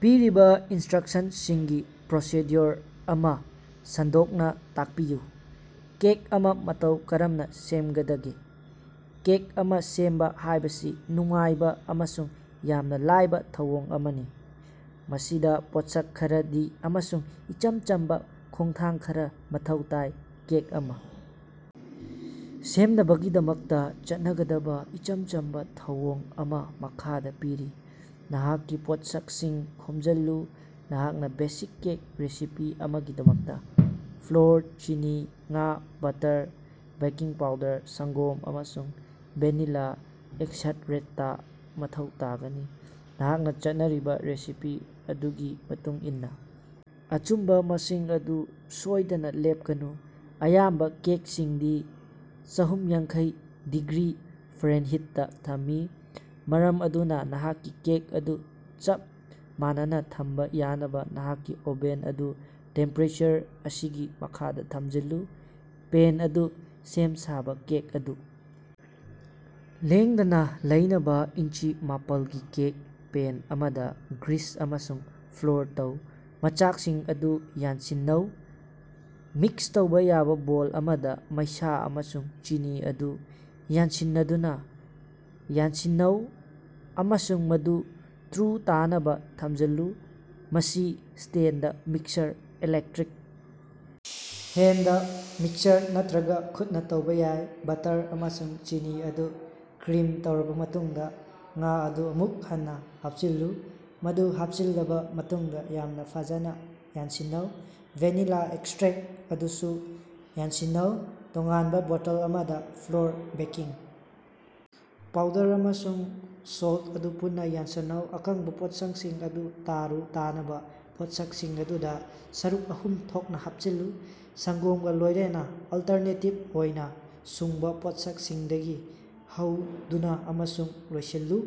ꯄꯤꯔꯤꯕ ꯏꯟꯁ꯭ꯇꯔꯛꯁꯟꯁꯤꯡꯒꯤ ꯄ꯭ꯔꯣꯁꯤꯗ꯭ꯌꯨꯑꯣꯔ ꯑꯃꯥ ꯁꯟꯗꯣꯛꯅꯥ ꯇꯥꯛꯄꯤꯌꯨ꯫ ꯀꯦꯛ ꯑꯃꯥ ꯃꯇꯧ ꯀꯔꯝꯅ ꯁꯦꯝꯒꯗꯒꯦ꯫ ꯀꯦꯛ ꯑꯃꯥ ꯁꯦꯝꯕ ꯍꯥꯏꯕꯁꯤ ꯅꯨꯡꯉꯥꯏꯕ ꯑꯃꯁꯨꯡ ꯌꯥꯝꯅ ꯂꯥꯏꯕ ꯊꯧꯑꯣꯡ ꯑꯃꯅꯤ, ꯃꯁꯤꯗ ꯄꯣꯠꯁꯛ ꯈꯔꯗꯤ ꯑꯃꯁꯨꯡ ꯏꯆꯝ ꯆꯝꯕ ꯈꯣꯡꯊꯥꯡ ꯈꯔꯥ ꯃꯊꯧ ꯇꯥꯏ꯫ ꯀꯦꯛ ꯑꯃꯥ ꯁꯦꯝꯅꯕꯒꯤꯗꯃꯛꯇꯥ ꯆꯠꯅꯒꯗꯕ ꯏꯆꯝ ꯆꯝꯕ ꯊꯧꯑꯣꯡ ꯑꯃꯥ ꯃꯈꯥꯗꯥ ꯄꯤꯔꯤ ꯅꯍꯥꯛꯀꯤ ꯄꯣꯠꯁꯛꯁꯤꯡ ꯈꯣꯝꯖꯤꯜꯂꯨ ꯅꯍꯥꯛꯅꯥ ꯕꯦꯁꯤꯛ ꯀꯦꯛ ꯔꯦꯁꯤꯄꯤ ꯑꯃꯒꯤꯗꯃꯛꯇꯥ ꯐ꯭ꯂꯣꯔ, ꯆꯤꯅꯤ, ꯉꯥ, ꯕꯠꯇꯔ, ꯕꯦꯀꯤꯡ ꯄꯥꯎꯗꯔ, ꯁꯪ꯭ꯒꯣꯝ, ꯑꯃꯁꯨꯡ ꯚꯦꯅꯤꯂꯥ ꯑꯦꯛꯁꯠꯔꯦꯛꯇ ꯃꯊꯧ ꯇꯥꯒꯅꯤ꯫ ꯅꯍꯥꯛꯅ ꯆꯠꯅꯔꯤꯕ ꯔꯦꯁꯤꯄꯤ ꯑꯗꯨꯒꯤ ꯃꯇꯨꯡꯏꯟꯅꯥ ꯑꯆꯨꯝꯕ ꯃꯁꯤꯡ ꯑꯗꯨ ꯁꯣꯏꯗꯅꯥ ꯂꯦꯞꯀꯅꯨ꯫ ꯑꯌꯥꯝꯕ ꯀꯦꯛꯁꯤꯡꯗꯤ ꯆꯥꯍꯨꯝꯌꯥꯡꯈꯩ ꯗꯤꯒ꯭ꯔꯤ ꯐꯥꯔꯦꯅꯍꯥꯏꯠꯇꯥ ꯊꯝꯏ, ꯃꯔꯝ ꯑꯗꯨꯅꯥ ꯅꯍꯥꯛꯀꯤ ꯀꯦꯛ ꯑꯗꯨ ꯆꯞ ꯃꯥꯟꯅꯅꯥ ꯊꯝꯕ ꯌꯥꯅꯕ ꯅꯍꯥꯛꯀꯤ ꯑꯣꯕꯦꯟ ꯑꯗꯨ ꯇꯦꯝꯄꯦꯔꯦꯆꯔ ꯑꯁꯤꯒꯤ ꯃꯈꯥꯗ ꯊꯝꯖꯤꯜꯂꯨ꯫ ꯄꯦꯟ ꯑꯗꯨ ꯁꯦꯝ ꯁꯥꯕꯥ ꯀꯦꯛ ꯑꯗꯨ ꯂꯦꯡꯗꯅꯥ ꯂꯩꯅꯕꯥ ꯏꯟꯆꯤ ꯃꯄꯥꯜꯒꯤ ꯀꯦꯛ ꯄꯦꯟ ꯑꯃꯗꯥ ꯒ꯭ꯔꯤꯁ ꯑꯃꯁꯨꯡ ꯐ꯭ꯂꯣꯔ ꯇꯧ꯫ ꯃꯆꯥꯛꯁꯤꯡ ꯑꯗꯨ ꯌꯥꯟꯁꯤꯟꯅꯧ ꯃꯤꯛꯁ ꯇꯧꯕ ꯌꯥꯕ ꯕꯣꯜ ꯑꯃꯗꯥ, ꯃꯩꯁꯥ ꯑꯃꯁꯨꯡ ꯆꯤꯅꯤ ꯑꯗꯨ ꯌꯥꯟꯁꯤꯟꯅꯗꯨꯅꯥ ꯌꯥꯟꯁꯤꯟꯅꯧ ꯑꯃꯁꯨꯡ ꯃꯗꯨ ꯇꯔꯨ-ꯇꯥꯟꯅꯕ ꯊꯝꯖꯤꯜꯂꯨ꯫ ꯃꯁꯤ stand mixer, electric hand mixer ꯅꯠꯇ꯭ꯔꯒꯥ ꯈꯨꯠꯅꯥ ꯇꯧꯕ ꯌꯥꯏ꯫ ꯕꯠꯇꯔ ꯑꯃꯁꯨꯡ ꯆꯤꯅꯤ ꯑꯗꯨ ꯀ꯭ꯔꯤꯝ ꯇꯧꯔꯕ ꯃꯇꯨꯡꯗꯥ, ꯉꯥ ꯑꯗꯨ ꯑꯃꯨꯛ ꯍꯟꯅꯥ ꯍꯥꯞꯆꯤꯜꯂꯨ, ꯃꯗꯨ ꯍꯥꯞꯆꯤꯜꯂꯕꯥ ꯃꯇꯨꯡꯗꯥ ꯌꯥꯝꯅ ꯐꯖꯅ ꯌꯥꯟꯁꯤꯟꯅꯧ꯫ ꯚꯦꯅꯤꯂꯥ ꯑꯦꯛꯁꯠꯔꯦꯛꯇ ꯑꯗꯨꯁꯨ ꯌꯥꯟꯁꯤꯟꯅꯧ꯫ ꯇꯣꯉꯥꯟꯕ ꯕꯣꯇꯜ ꯑꯃꯗꯥ, ꯐ꯭ꯂꯣꯔ, ꯕꯦꯀꯤꯡ ꯄꯥꯎꯗꯔ ꯑꯃꯁꯨꯡ ꯁꯣꯜꯇ ꯑꯗꯨ ꯄꯨꯟꯅꯥ ꯌꯥꯟꯁꯤꯟꯅꯧ꯫ ꯑꯀꯪꯕꯥ ꯄꯣꯠꯁꯛꯁꯤꯡ ꯑꯗꯨ ꯇꯔꯨ-ꯇꯥꯅꯕꯥ ꯄꯣꯠꯁꯛꯁꯤꯡ ꯑꯗꯨꯗꯥ ꯁꯔꯨꯛ ꯑꯍꯨꯝ ꯊꯣꯛꯅꯥ ꯍꯥꯞꯆꯤꯜꯂꯨ, ꯁꯪ꯭ꯒꯣꯝꯒ ꯂꯣꯏꯅꯅꯥ ꯑꯂꯇꯔꯅꯦꯇꯤꯚ ꯑꯣꯏꯅ ꯁꯨꯡꯕꯥ ꯄꯣꯠꯁꯛꯁꯤꯡꯗꯒꯤ ꯍꯧꯗꯨꯅꯥ ꯑꯃꯁꯨꯡ ꯂꯣꯏꯁꯤꯜꯂꯨ꯫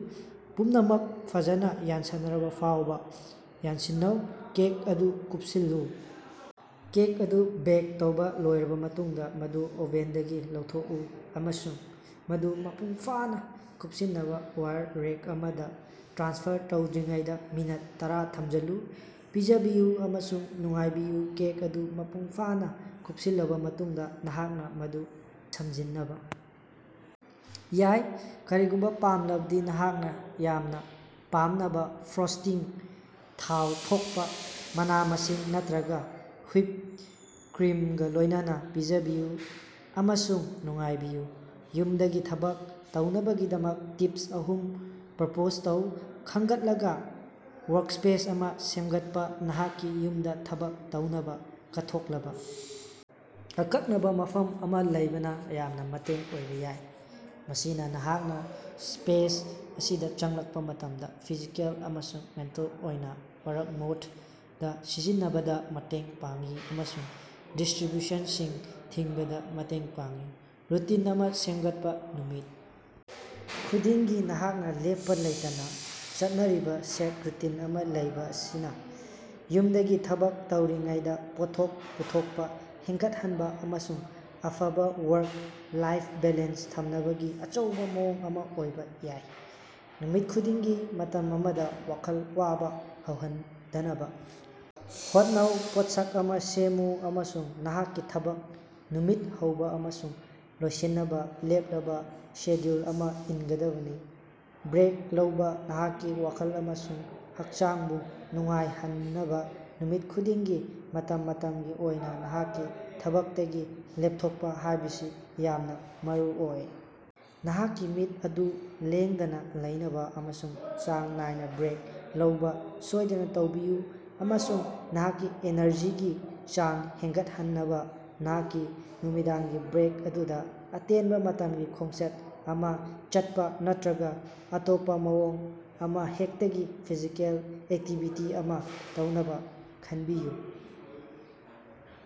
ꯄꯨꯝꯅꯃꯛ ꯐꯖꯅꯥ ꯌꯥꯟꯁꯤꯟꯅꯔꯕ ꯐꯥꯎꯕ ꯌꯥꯟꯁꯤꯟꯅꯧ꯫ ꯀꯦꯛ ꯑꯗꯨ ꯀꯨꯞꯁꯤꯜꯂꯨ ꯀꯦꯛ ꯑꯗꯨ ꯕꯦꯛ ꯇꯧꯕ ꯂꯣꯏꯔꯕ ꯃꯇꯨꯡꯗꯥ, ꯃꯗꯨ ꯑꯣꯕꯦꯟꯗꯒꯤ ꯂꯧꯊꯣꯛꯎ, ꯑꯃꯁꯨꯡ ꯃꯗꯨ ꯃꯄꯨꯡꯐꯥꯅꯥ ꯀꯨꯞꯁꯤꯟꯅꯕ ꯋꯥꯏꯔ ꯔꯦꯛ ꯑꯃꯗꯥ ꯇ꯭ꯔꯥꯟꯁꯐꯔ ꯇꯧꯗ꯭ꯔꯤꯉꯩꯗꯥ ꯃꯤꯅꯠ ꯇꯔꯥ ꯊꯝꯖꯤꯜꯂꯨ꯫ ꯄꯤꯖꯕꯤꯌꯨ ꯑꯃꯁꯨꯡ ꯅꯨꯡꯉꯥꯏꯕꯤꯌꯨ ꯀꯦꯛ ꯑꯗꯨ ꯃꯄꯨꯡ ꯐꯥꯅꯥ ꯀꯨꯞꯁꯤꯜꯂꯕꯥ ꯃꯇꯨꯡꯗꯥ, ꯅꯍꯥꯛꯅꯥ ꯃꯗꯨ ꯁꯝꯖꯤꯟꯅꯕ ꯌꯥꯏ, ꯀꯔꯤꯒꯨꯝꯕ ꯄꯥꯝꯂꯕꯗꯤ꯫ ꯅꯍꯥꯛꯅ ꯌꯥꯝꯅ ꯄꯥꯝꯅꯕ ꯐ꯭ꯔꯣꯁ꯭ꯇꯤꯡ, ꯊꯥꯎ ꯊꯣꯛꯄꯥ ꯃꯅꯥ-ꯃꯁꯤꯡ ꯅꯠꯇ꯭ꯔꯒꯥ ꯍꯨꯏꯞ ꯀ꯭ꯔꯤꯝꯒꯥ ꯂꯣꯏꯅꯅꯥ ꯄꯤꯖꯕꯤꯌꯨ ꯑꯃꯁꯨꯡ ꯅꯨꯡꯉꯥꯏꯕꯤꯌꯨ꯫ ꯌꯨꯝꯗꯒꯤ ꯊꯕꯛ ꯇꯧꯅꯕꯒꯤꯗꯃꯛ ꯇꯤꯄꯁ ꯑꯍꯨꯝ ꯄ꯭ꯔꯄꯣꯖ ꯇꯧ꯫ ꯈꯪꯒꯠꯂꯕ ꯋꯥꯔꯛꯁ꯭ꯄꯦꯁ ꯑꯃꯥ ꯁꯦꯝꯒꯠꯄꯥ ꯅꯍꯥꯛꯀꯤ ꯌꯨꯝꯗꯥ ꯊꯕꯛ ꯇꯧꯅꯕꯥ ꯀꯠꯊꯣꯛꯂꯕꯥ ꯑꯀꯛꯅꯕꯥ ꯃꯐꯝ ꯑꯃꯥ ꯂꯩꯕꯅ ꯌꯥꯝꯅ ꯃꯇꯦꯡ ꯑꯣꯏꯕ ꯌꯥꯏ꯫ ꯃꯁꯤꯅ ꯅꯍꯥꯛꯅ ꯁ꯭ꯄꯦꯁ ꯑꯁꯤꯗ ꯆꯪꯂꯛꯄꯥ ꯃꯇꯝꯗꯥ ꯐꯤꯖꯤꯀꯦꯜ ꯑꯃꯁꯨꯡ ꯃꯦꯟꯇꯦꯜ ꯑꯣꯏꯅ "ꯋꯥꯔꯛ ꯃꯣꯗ" ꯗꯥ ꯁꯤꯖꯤꯟꯅꯕꯗꯥ ꯃꯇꯦꯡ ꯄꯥꯡꯏ, ꯑꯃꯁꯨꯡ ꯗꯤꯁ꯭ꯇꯔꯤꯕ꯭ꯌꯨꯁꯟꯁꯤꯡ ꯊꯤꯡꯕꯗꯥ ꯃꯇꯦꯡ ꯄꯥꯡꯏ꯫ ꯔꯨꯇꯤꯟ ꯑꯃꯥ ꯁꯦꯝꯒꯠꯄꯥ ꯈꯨꯗꯤꯡꯒꯤ ꯅꯍꯥꯛꯅꯥ ꯂꯦꯞꯄꯥ ꯂꯩꯇꯅꯥ ꯆꯠꯅꯔꯤꯕꯥ ꯁꯦꯠ ꯔꯨꯇꯤꯟ ꯑꯃꯥ ꯂꯩꯕ ꯑꯁꯤꯅ ꯌꯨꯝꯗꯒꯤ ꯊꯕꯛ ꯇꯧꯔꯤꯉꯩꯗꯥ ꯄꯣꯠꯊꯣꯛ ꯄꯨꯊꯣꯛꯄꯥ ꯍꯦꯟꯒꯠꯍꯟꯅꯕ ꯑꯃꯁꯨꯡ ꯑꯐꯕꯥ ꯋꯥꯔꯛ-ꯂꯥꯏꯐ ꯕꯦꯂꯦꯟꯁ ꯊꯝꯅꯕꯒꯤ ꯑꯆꯧꯕꯥ ꯃꯑꯣꯡ ꯑꯃꯥ ꯑꯣꯏꯕ ꯌꯥꯏ꯫ ꯅꯨꯃꯤꯠ ꯈꯨꯗꯤꯡꯒꯤ ꯃꯇꯝ ꯑꯃꯗꯥ ꯋꯥꯈꯜ ꯋꯥꯕ ꯍꯧꯍꯟꯗꯅꯕ ꯍꯣꯠꯅꯧ, ꯄꯣꯠꯁꯛ ꯑꯃꯥ ꯁꯦꯝꯃꯨ ꯑꯃꯁꯨꯡ ꯅꯍꯥꯛꯀꯤ ꯊꯕꯛ ꯅꯨꯃꯤꯠ ꯍꯧꯕ ꯑꯃꯁꯨꯡ ꯂꯣꯏꯁꯤꯟꯅꯕꯥ ꯂꯦꯞꯂꯕ ꯁꯦꯗ꯭ꯌꯨꯜ ꯑꯃꯥ ꯏꯟꯒꯗꯕꯅꯤ꯫ ꯕ꯭ꯔꯦꯛ ꯂꯧꯕꯥ ꯅꯍꯥꯛꯀꯤ ꯋꯥꯈꯜ ꯑꯃꯁꯨꯡ ꯍꯛꯆꯥꯡꯕꯨ ꯅꯨꯡꯉꯥꯏꯍꯟꯅꯕ ꯅꯨꯃꯤꯠ ꯈꯨꯗꯤꯡꯒꯤ ꯃꯇꯝ ꯃꯇꯝꯒꯤ ꯑꯣꯏꯅ ꯅꯍꯥꯛꯀꯤ ꯊꯕꯛꯇꯒꯤ ꯂꯦꯞꯊꯣꯛꯄꯥ ꯍꯥꯏꯕꯁꯤ ꯌꯥꯝꯅ ꯃꯔꯨꯑꯣꯏ꯫ ꯅꯍꯥꯛꯀꯤ ꯃꯤꯠ ꯑꯗꯨ ꯂꯦꯡꯗꯅꯥ ꯂꯩꯅꯕꯥ ꯑꯃꯁꯨꯡ ꯆꯥꯡ ꯅꯥꯏꯅꯥ ꯕ꯭ꯔꯦꯛ ꯂꯧꯕꯥ ꯁꯣꯏꯗꯅ ꯇꯧꯕꯤꯌꯨ, ꯑꯃꯁꯨꯡ ꯅꯍꯥꯛꯀꯤ ꯑꯦꯅꯔꯖꯤꯒꯤ ꯆꯥꯡ ꯍꯦꯟꯒꯠꯍꯟꯅꯕꯥ ꯅꯍꯥꯛꯀꯤ ꯅꯨꯃꯤꯗꯥꯡꯒꯤ ꯕ꯭ꯔꯦꯛ ꯑꯗꯨꯗꯥ ꯑꯇꯦꯟꯕ ꯃꯇꯝꯒꯤ ꯈꯣꯡꯆꯠ ꯑꯃꯥ ꯆꯠꯄꯥ ꯅꯠꯇꯔꯒꯥ ꯑꯇꯣꯞꯄꯥ ꯃꯑꯣꯡ ꯑꯃꯍꯦꯛꯇꯒꯤ ꯐꯤꯖꯤꯀꯦꯜ ꯑꯦꯛꯇꯤꯚꯤꯇꯤ ꯑꯃꯥ ꯇꯧꯅꯕꯥ ꯈꯟꯕꯤꯌꯨ꯫